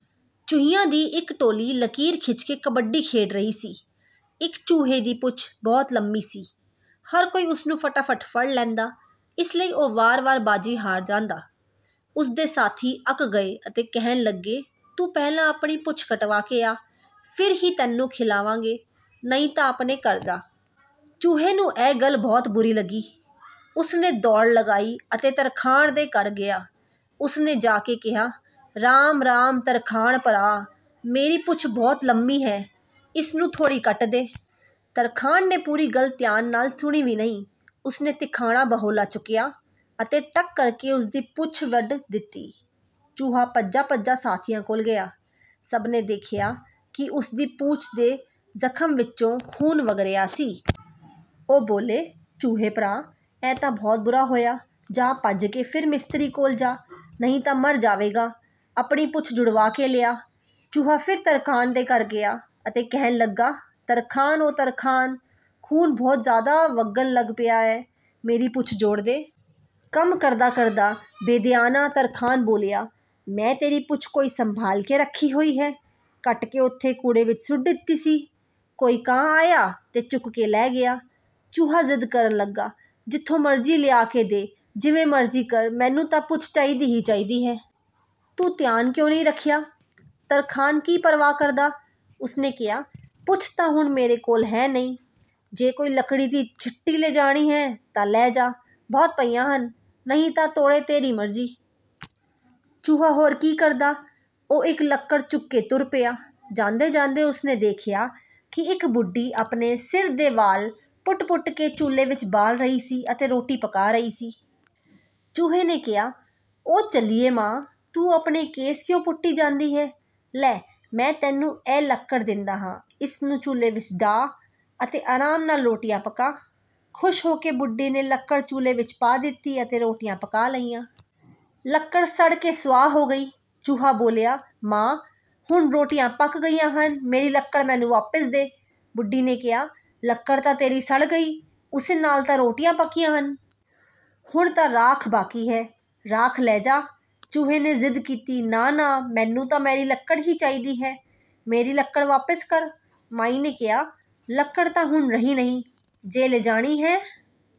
ਚੂਹਿਆਂ ਦੀ ਇੱਕ ਟੋਲੀ ਲਕੀਰ ਖਿੱਚ ਕੇ ਕਬੱਡੀ ਖੇਡ ਰਹੀ ਸੀ। ਇੱਕ ਚੂਹੇ ਦੀ ਪੂਛ ਬਹੁਤ ਲੰਮੀ ਸੀ। ਹਰ ਕੋਈ ਉਸ ਨੂੰ ਫਟਾਫਟ ਫੜ ਲੈਂਦਾ, ਇਸ ਲਈ ਉਹ ਵਾਰ-ਵਾਰ ਬਾਜ਼ੀ ਹਾਰ ਜਾਂਦਾ। ਉਸ ਦੇ ਸਾਥੀ ਅੱਕ ਗਏ ਅਤੇ ਕਹਿਣ ਲੱਗੇ, "ਤੂੰ ਪਹਿਲਾਂ ਆਪਣੀ ਪੂਛ ਕਟਵਾ ਕੇ ਆ, ਫਿਰ ਹੀ ਤੈਨੂੰ ਖਿਲਾਵਾਂਗੇ, ਨਹੀਂ ਤਾਂ ਆਪਣੇ ਘਰ ਜਾ।" ਚੂਹੇ ਨੂੰ ਇਹ ਗੱਲ ਬਹੁਤ ਬੁਰੀ ਲੱਗੀ। ਉਸ ਨੇ ਦੌੜ ਲਗਾਈ ਅਤੇ ਤਰਖਾਣ ਦੇ ਘਰ ਗਿਆ। ਉਸ ਨੇ ਜਾ ਕੇ ਕਿਹਾ, "ਰਾਮ-ਰਾਮ ਤਰਖਾਣ ਭਰਾ, ਮੇਰੀ ਪੂਛ ਬਹੁਤ ਲੰਮੀ ਹੈ, ਇਸ ਨੂੰ ਥੋੜ੍ਹੀ ਕੱਟ ਦੇ।" ਤਰਖਾਣ ਨੇ ਪੂਰੀ ਗੱਲ ਧਿਆਨ ਨਾਲ ਸੁਣੀ ਵੀ ਨਹੀਂ, ਉਸ ਨੇ ਤਿਖਾਣਾ ਬਹੋਲਾ ਚੁੱਕਿਆ ਅਤੇ ਟੱਕ ਕਰਕੇ ਉਸ ਦੀ ਪੂਛ ਵੱਢ ਦਿੱਤੀ। ਚੂਹਾ ਭੱਜਾ-ਭੱਜਾ ਸਾਥੀਆਂ ਕੋਲ ਗਿਆ। ਸਭ ਨੇ ਦੇਖਿਆ ਕਿ ਉਸ ਦੀ ਪੂਛ ਦੇ ਜ਼ਖ਼ਮ ਵਿੱਚੋਂ ਖ਼ੂਨ ਵਗ ਰਿਹਾ ਸੀ। ਉਹ ਬੋਲੇ, "ਚੂਹੇ ਭਰਾ, ਇਹ ਤਾਂ ਬਹੁਤ ਬੁਰਾ ਹੋਇਆ। ਜਾਹ, ਭੱਜ ਕੇ ਫਿਰ ਮਿਸਤਰੀ ਕੋਲ ਜਾਹ, ਨਹੀਂ ਤਾਂ ਮਰ ਜਾਵੇਂਗਾ, ਆਪਣੀ ਪੂਛ ਜੁੜਵਾ ਕੇ ਲਿਆ।" ਚੂਹਾ ਫਿਰ ਤਰਖਾਣ ਦੇ ਘਰ ਗਿਆ ਅਤੇ ਕਹਿਣ ਲੱਗਾ, "ਤਰਖਾਣ ਓ ਤਰਖਾਣ, ਖ਼ੂਨ ਬਹੁਤ ਜ਼ਿਆਦਾ ਵਗਣ ਲੱਗ ਪਿਆ ਹੈ, ਮੇਰੀ ਪੂਛ ਜੋੜ ਦੇ।" ਕੰਮ ਕਰਦਾ-ਕਰਦਾ ਬੇਧਿਆਨਾ ਤਰਖਾਣ ਬੋਲਿਆ, "ਮੈਂ ਤੇਰੀ ਪੂਛ ਕੋਈ ਸੰਭਾਲ ਕੇ ਰੱਖੀ ਹੋਈ ਹੈ? ਕੱਟ ਕੇ ਉੱਥੇ ਕੂੜੇ ਵਿੱਚ ਸੁੱਟ ਦਿੱਤੀ ਸੀ, ਕੋਈ ਕਾਂ ਆਇਆ ਤੇ ਚੁੱਕ ਕੇ ਲੈ ਗਿਆ।" ਚੂਹਾ ਜ਼ਿੱਦ ਕਰਨ ਲੱਗਾ, "ਜਿੱਥੋਂ ਮਰਜ਼ੀ ਲਿਆ ਕੇ ਦੇਹ, ਜਿਵੇਂ ਮਰਜ਼ੀ ਕਰ, ਮੈਨੂੰ ਤਾਂ ਪੂਛ ਚਾਹੀਦੀ ਹੀ ਚਾਹੀਦੀ ਹੈ। ਤੂੰ ਧਿਆਨ ਕਿਉਂ ਨਹੀਂ ਰੱਖਿਆ?" ਤਰਖਾਣ ਕੀ ਪਰਵਾਹ ਕਰਦਾ! ਉਸ ਨੇ ਕਿਹਾ, "ਪੂਛ ਤਾਂ ਹੁਣ ਮੇਰੇ ਕੋਲ ਹੈ ਨਹੀਂ, ਜੇ ਕੋਈ ਲੱਕੜੀ ਦੀ ਛਿੱਟੀ ਲਿਜਾਣੀ ਹੈ ਤਾਂ ਲੈ ਜਾ, ਬਹੁਤ ਪਈਆਂ ਹਨ, ਨਹੀਂ ਤਾਂ ਤੋੜੇ ਤੇਰੀ ਮਰਜ਼ੀ।" ਚੂਹਾ ਹੋਰ ਕੀ ਕਰਦਾ, ਉਹ ਇੱਕ ਲੱਕੜ ਚੁੱਕ ਕੇ ਤੁਰ ਪਿਆ। ਜਾਂਦੇ-ਜਾਂਦੇ ਉਸ ਨੇ ਦੇਖਿਆ ਕਿ ਇੱਕ ਬੁੱਢੀ ਆਪਣੇ ਸਿਰ ਦੇ ਵਾਲ ਪੁੱਟ-ਪੁੱਟ ਕੇ ਚੁੱਲ੍ਹੇ ਵਿੱਚ ਬਾਲ ਰਹੀ ਸੀ ਅਤੇ ਰੋਟੀ ਪਕਾ ਰਹੀ ਸੀ। ਚੂਹੇ ਨੇ ਕਿਹਾ, "ਓ ਝੱਲੀਏ ਮਾਂ, ਤੂੰ ਆਪਣੇ ਕੇਸ ਕਿਉਂ ਪੁੱਟੀ ਜਾਂਦੀ ਹੈਂ? ਲੈ, ਮੈਂ ਤੈਨੂੰ ਇਹ ਲੱਕੜ ਦਿੰਦਾ ਹਾਂ, ਇਸ ਨੂੰ ਚੁੱਲ੍ਹੇ ਵਿੱਚ ਡਾਹ ਅਤੇ ਆਰਾਮ ਨਾਲ ਰੋਟੀਆਂ ਪਕਾ।" ਖ਼ੁਸ਼ ਹੋ ਕੇ ਬੁੱਢੀ ਨੇ ਲੱਕੜ ਚੁੱਲ੍ਹੇ ਵਿੱਚ ਪਾ ਦਿੱਤੀ ਅਤੇ ਰੋਟੀਆਂ ਪਕਾ ਲਈਆਂ। ਲੱਕੜ ਸੜ ਕੇ ਸੁਆਹ ਹੋ ਗਈ। ਚੂਹਾ ਬੋਲਿਆ, "ਮਾਂ, ਹੁਣ ਰੋਟੀਆਂ ਪੱਕ ਗਈਆਂ ਹਨ, ਮੇਰੀ ਲੱਕੜ ਮੈਨੂੰ ਵਾਪਸ ਦੇ।" ਬੁੱਢੀ ਨੇ ਕਿਹਾ, "ਲੱਕੜ ਤਾਂ ਤੇਰੀ ਸੜ ਗਈ, ਉਸੇ ਨਾਲ ਤਾਂ ਰੋਟੀਆਂ ਪਕਈਆਂ ਹਨ! ਹੁਣ ਤਾਂ ਰਾਖ ਬਾਕੀ ਹੈ, ਰਾਖ ਲੈ ਜਾ।" ਚੂਹੇ ਨੇ ਜ਼ਿੱਦ ਕੀਤੀ, "ਨਾ-ਨਾ, ਮੈਨੂੰ ਤਾਂ ਮੇਰੀ ਲੱਕੜ ਹੀ ਚਾਹੀਦੀ ਹੈ, ਮੇਰੀ ਲੱਕੜ ਵਾਪਸ ਕਰ।" ਮਾਈ ਨੇ ਕਿਹਾ, "ਲੱਕੜ ਤਾਂ ਹੁਣ ਰਹੀ ਨਹੀਂ, ਜੇ ਲਿਜਾਣੀ ਹੈ